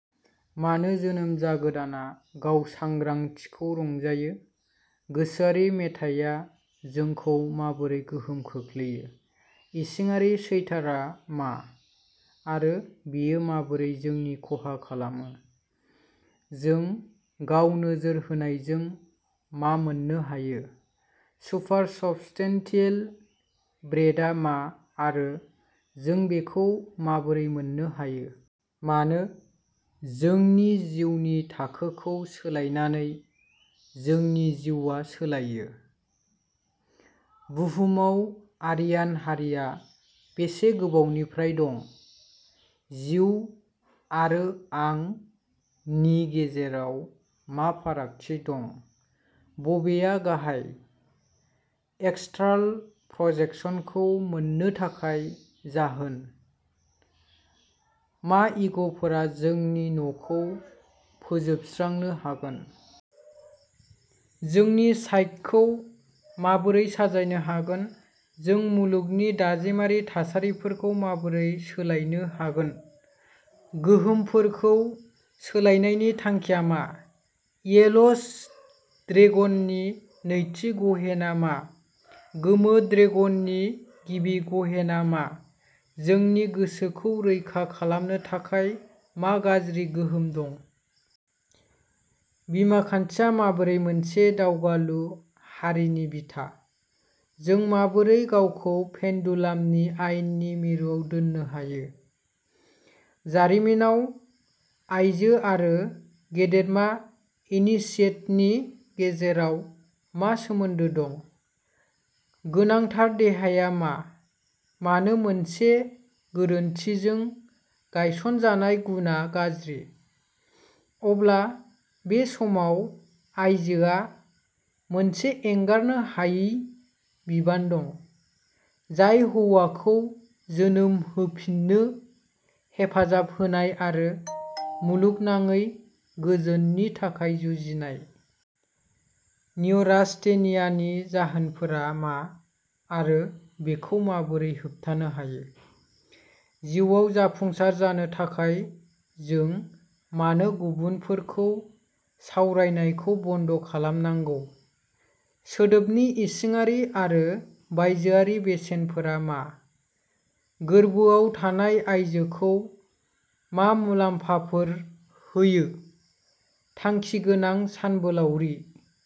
मानो जोनोम जागोदानआ गाव-सांग्रांथिखौ रंजायो? गोसोआरि मेथाइया जोंखौ माबोरै गोहोम खोख्लैयो? इसिङारि चैटारआ मा आरो बेयो माबोरै जोंनि खहा खालामो? जों गाव-नोजोर होनायजों मा मोन्नो हायो? सुपारसब्स्टेन्टियेल ब्रेडआ मा आरो जों बेखौ माबोरै मोननो हायो? मानो, जोंनि जिउनि थाखोखौ सोलायनानै जोंनि जिउआ सोलायो? बुहुमाव आरियान हारिआ बेसे गोबावनिफ्राय दं? जिउ आरो "आं" नि गेजेराव मा फारागथि दं? बबेआ गाहाय? एस्ट्राल प्रजेकसनखौ मोन्नो थाखाय जाहोन? मा इग'फोरा जोंनि न'खौ फोजोबस्रांनो हागोन? जोंनि साइकखौ माबोरै साजायनो हागोन? जों मुलुगनि दाजेमारि थासारिफोरखौ माबोरै सोलायनो हागोन? गोहोमफोरखौ सोलायनायनि थांखिया मा? येल'स ड्रेगननि नैथि गहेना मा? गोमो ड्रेगननि गिबि गहेना मा? जोंनि गोसोखौ रैखा खालामनो थाखाय मा गाज्रि गोहोम दं? बिमाखान्थिया माबोरै मोनसे दावगालु हारिनि बिथा? जों माबोरै गावखौ पेन्डुलामनि आयेननि मिरुआव दोननो हायो? जारिमिनाव आइजो आरो गेदेमा इनिसिएट्सनि गेजेराव मा सोमोन्दो दं? गोनांथार देहाया मा? मानो मोनसे गोरोन्थिजों गायसनजानाय गुनआ गाज्रि? अब्ला बे समाव आइजोआ मोनसे एंगारनो हायै बिबान दं, जाय हौवाखौ जोनोम होफिन्नो हेफाजाब होनाय आरो मुलुगनाङैनो गोजोननि थाखाय जुजिनाय। निय'रास्थेनियानि जाहोनफोरा मा आरो बेखौ माबोरै होबथानो हायो? जिउआव जाफुंसार जानो थाखाय जों मानो गुबुनफोरखौ सावरायनायखौ बन्द खालामनांगौ? सोदोबनि इसिङारि आरो बायजोआरि बेसेनफोरा मा? गोरबोआव थानाय आइजोखौ मा मुलाम्फाफोर होयो थांखिगोनां सानबोलावरि?